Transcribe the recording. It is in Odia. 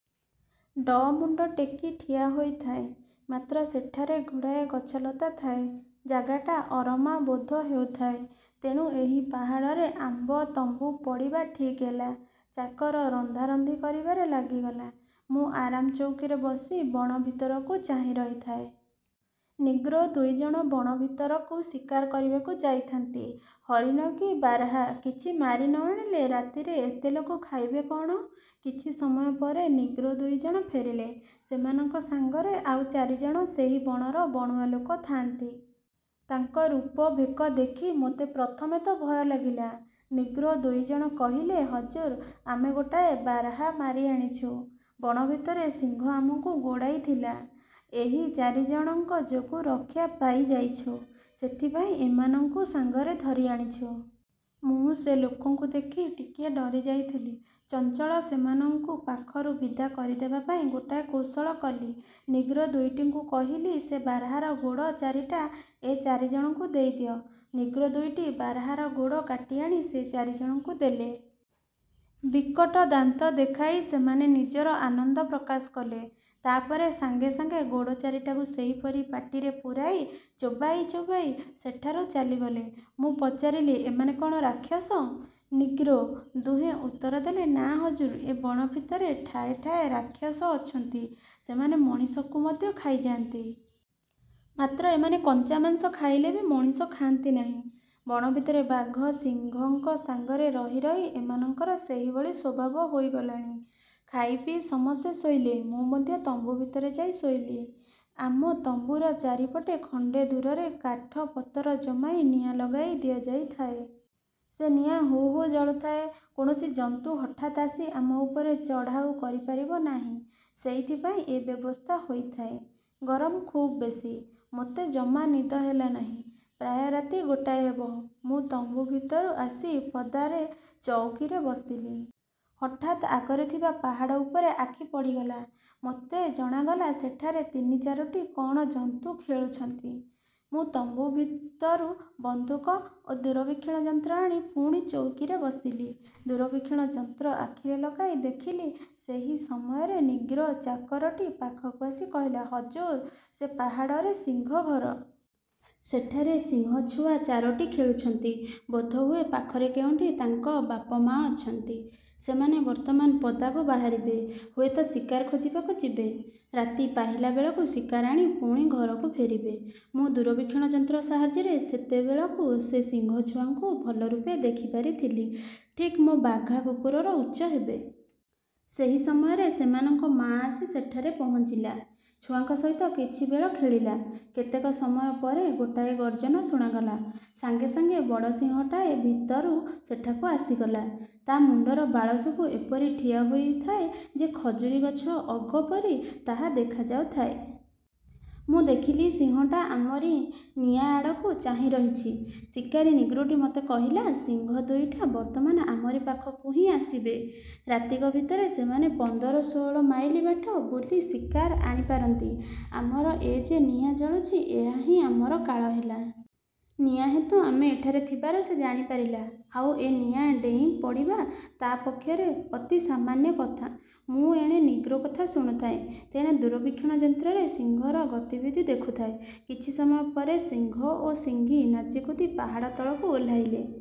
ଡ଼ ମୁଣ୍ଡ ଟେକି ଠିଆ ହୋଇଥାଏ; ମାତ୍ର ସେଠାରେ ଗୁଡ଼ାଏ ଗଛଲତା ଥାଏ, ଜାଗାଟା ଅରମା ବୋଧ ହେଉଥାଏ। ତେଣୁ ଏହି ପାହାଡ଼ରେ ଆମ ତମ୍ବୁ ପଡ଼ିବା ଠିକ୍ ହେଲା। ଚାକର ରନ୍ଧାରନ୍ଧି କରିବାରେ ଲାଗିଗଲା। ମୁଁ ଆରାମ ଚଉକିରେ ବସି ବଣ ଭିତରକୁ ଚାହିଁ ରହିଥାଏ। ନିଗ୍ରୋ ଦୁଇ ଜଣ ବଣ ଭିତରକୁ ଶିକାର କରିବାକୁ ଯାଇଥାନ୍ତି। ହରିଣ କି ବାର୍ହା କିଛି ମାରି ନ ଆଣିଲେ ରାତିରେ ଏତେ ଲୋକ ଖାଇବେ କଅଣ? କିଛି ସମୟ ପରେ ନିଗ୍ରୋ ଦୁଇ ଜଣ ଫେରିଲେ। ସେମାନଙ୍କ ସାଙ୍ଗରେ ଆଉ ଚାରି ଜଣ ସେହି ବଣର ବଣୁଆ ଲୋକ ଥାଆନ୍ତି। ତାଙ୍କ ରୂପ ଭେକ ଦେଖି ମୋତେ ପ୍ରଥମେ ତ ଭୟ ଲାଗିଲା। ନିଗ୍ରୋ ଦୁଇ ଜଣ କହିଲେ, "ହଜୁର, ଆମେ ଗୋଟାଏ ବାର୍ହା ମାରି ଆଣିଛୁ। ବଣ ଭିତରେ ସିଂହ ଆମକୁ ଗୋଡ଼ାଇ ଥିଲା। ଏହି ଚାରିଜଣଙ୍କ ଯୋଗୁଁ ରକ୍ଷା ପାଇଯାଇଛୁ। ସେଇଥିପାଇଁ ଏମାନଙ୍କୁ ସାଙ୍ଗରେ ଧରି ଆଣିଛୁ। ମୁଁ ସେ ଲୋକଙ୍କୁ ଦେଖି ଟିକିଏ ଡରି ଯାଇଥିଲି। ଚଞ୍ଚଳ ସେମାନଙ୍କୁ ପାଖରୁ ବିଦା କରିଦେବା ପାଇଁ ଗୋଟାଏ କୌଶଳ କଲି। ନିଗ୍ରୋ ଦୁଇଟିଙ୍କୁ କହିଲି, ''ସେ ବାର୍ହାର ଗୋଡ଼ ଚାରିଟା ଏ ଚାରିଜଣଙ୍କୁ ଦେଇଦିଅ। '' ନିଗ୍ରୋ ଦୁଇଟି ବାର୍ହାର ଗୋଡ଼ କାଟିଆଣି ସେ ଚାରିଜଣଙ୍କୁ ଦେଲେ। ବିକଟ ଦାନ୍ତ ଦେଖାଇ ସେମାନେ ନିଜର ଆନନ୍ଦ ପ୍ରକାଶ କଲେ। ତା'ପରେ ସାଙ୍ଗେ ସାଙ୍ଗେ ଗୋଡ଼ ଚାରିଟାକୁ ସେହିପରି ପାଟିରେ ପୂରାଇ ଚୋବାଇ ଚୋବାଇ ସେଠାରୁ ଚାଲିଗଲେ। ମୁଁ ପଚାରିଲି-ଏମାନେ କ'ଣ ରାକ୍ଷସ? ନିଗ୍ରୋ। ଦୁହେଁ ଉତ୍ତର ଦେଲେ-''ନାଁ ହଜୁର, ଏ ବଣ ଭିତରେ ଠାଏଠାଏ ରାକ୍ଷସ ଅଛନ୍ତି; ସେମାନେ ମଣିଷକୁ ମଧ୍ୟ ଖାଇଯାଆନ୍ତି। ମାତ୍ର ଏମାନେ କଞ୍ଚା ମାଂସ ଖାଇଲେ ବି ମଣିଷ ଖାଆନ୍ତି ନାହିଁ। ବଣ ଭିତରେ ବାଘ ସିଂହଙ୍କ ସାଙ୍ଗରେ ରହି ରହି ଏମାନଙ୍କର ସେହିଭଳି ସ୍ୱଭାବ ହୋଇଗଲାଣି। '' ଖାଇପିଇ ସମସ୍ତେ ଶୋଇଲେ। ମୁଁ ମଧ୍ୟ ତମ୍ବୁ ଭିତରେ ଯାଇ ଶୋଇଲି। ଆମ ତମ୍ବୁର ଚାରିପଟେ ଖଣ୍ଡେ ଦୂରରେ କାଠ ପତର ଜମାଇ ନିଆଁ ଲଗାଇ ଦିଆଯାଇଥାଏ। ସେ ନିଆଁ ହୁ ହୁ ଜଳୁଥାଏ। କୌଣସି ଜନ୍ତୁ ହଠାତ୍ ଆସି ଆମ ଉପରେ ଚଢ଼ାଉ କରିପାରିବ ନାହିଁ-ସେଇଥିପାଇଁ ଏ ବ୍ୟବସ୍ଥା ହୋଇଥାଏ। ଗରମ ଖୁବ ବେଶି; ମୋତେ ଜମା ନିଦ ହେଲା ନାହିଁ। ପ୍ରାୟ ରାତି ଗୋଟାଏ ହେବ, ମୁଁ ତମ୍ବୁ ଭିତରୁ ଆସି ପଦାରେ ଚଉକିରେ ବସିଲି। ହଠାତ୍ ଆଗରେ ଥିବା ପାହାଡ଼ ଉପରେ ଆଖି ପଡ଼ିଗଲା। ମୋତେ ଜଣାଗଲା, ସେଠାରେ ତିନି ଚାରୋଟି କ'ଣ ଜନ୍ତୁ ଖେଳୁଛନ୍ତି। ମୁଁ ତମ୍ବୁ ଭିତରୁ ବନ୍ଧୁକ ଓ ଦୂରବୀକ୍ଷଣ ଯନ୍ତ୍ର ଆଣି ପୁଣି ଚଉକିରେ ବସିଲି। ଦୂରବୀକ୍ଷଣ ଯନ୍ତ୍ର ଆଖିରେ ଲଗାଇ ଦେଖିଲି। ସେହି ସମୟରେ ନିଗ୍ରୋ ଚାକରଟି ପାଖକୁ ଆସି କହିଲା, "ହଜୁର, ସେ ପାହାଡ଼ରେ ସିଂହ ଘର। ସେଠାରେ ସିଂହଛୁଆ ଚାରୋଟି ଖେଳୁଛନ୍ତି। ବୋଧହୁଏ ପାଖରେ କେଉଁଠି ତାଙ୍କ ବାପ ମା' ଅଛନ୍ତି। ସେମାନେ ବର୍ତ୍ତମାନ ପଦାକୁ ବାହାରିବେ; ହୁଏତ ଶିକାର ଖୋଜିବାକୁ ଯିବେ। ରାତି ପାହିଲାବେଳକୁ ଶିକାର ଆଣି ପୁଣି ଘରକୁ ଫେରିବେ। ମୁଁ ଦୂରବୀକ୍ଷଣ ଯନ୍ତ୍ର ସାହାଯ୍ୟରେ ସେତେବେଳକୁ ସେ ସିଂହଛୁଆଙ୍କୁ ଭଲରୂପେ ଦେଖିପାରିଥିଲି-ଠିକ ମୋ ବାଘା କୁକୁରର ଉଚ୍ଚ ହେବେ। ସେହି ସମୟରେ ସେମାନଙ୍କ ମା' ଆସି ସେଠାରେ ପହଞ୍ଚିଲା। ଛୁଆଙ୍କ ସହିତ କିଛି ବେଳ ଖେଳିଲା। କେତେକ ସମୟ ପରେ ଗୋଟାଏ ଗର୍ଜନ ଶୁଣାଗଲା। ସାଙ୍ଗେ ସାଙ୍ଗେ ବଡ଼ ସିଂହଟାଏ ଭିତରୁ ସେଠାକୁ ଆସିଗଲା। ତା' ମୁଣ୍ଡର ବାଳସବୁ ଏପରି ଠିଆ ହୋଇଥାଏ ଯେ, ଖଜୁରୀ ଗଛ ଅଗ ପରି ତାହା ଦେଖା ଯାଉଥାଏ। ମୁଁ ଦେଖିଲି, ସିଂହଟା ଆମରି ନିଆଁ ଆଡ଼କୁ ଚାହିଁରହିଛି। ଶିକାରୀ ନିଗ୍ରୋଟି ମୋତେ କହିଲା, ''ସିଂହ ଦୁଇଟା ବର୍ତ୍ତମାନ ଆମରି ପାଖକୁ ହିଁ ଆସିବେ। ରାତିକ ଭିତରେ ସେମାନେ ପନ୍ଦର ଷୋଳ ମାଇଲ ବାଟ ବୁଲି ଶିକାର ଆଣିପାରନ୍ତି। ଆମର ଏ ଯେ ନିଆଁ ଜଳୁଛି, ଏହା ହିଁ ଆମର କାଳ ହେଲା। ନିଆଁ ହେତୁ ଆମେ ଏଠାରେ ଥିବାର ସେ ଜାଣିପାରିଲା। ଆଉ, ଏ ନିଆଁ ଡେଇଁପଡ଼ିବା ତା' ପକ୍ଷରେ ଅତି ସାମାନ୍ୟ କଥା। ମୁଁ ଏଣେ ନିଗ୍ରୋ କଥା ଶୁଣୁଥାଏଁ, ତେଣେ ଦୂରବୀକ୍ଷଣ ଯନ୍ତ୍ରରେ ସିଂହର ଗତିବିଧି ଦେଖୁଥାଏ। କିଛି ସମୟ ପରେ ସିଂହ ଓ ସିଂହୀ ନାଚିକୁଦି ପାହାଡ଼ ତଳକୁ ଓହ୍ଲାଇଲେ।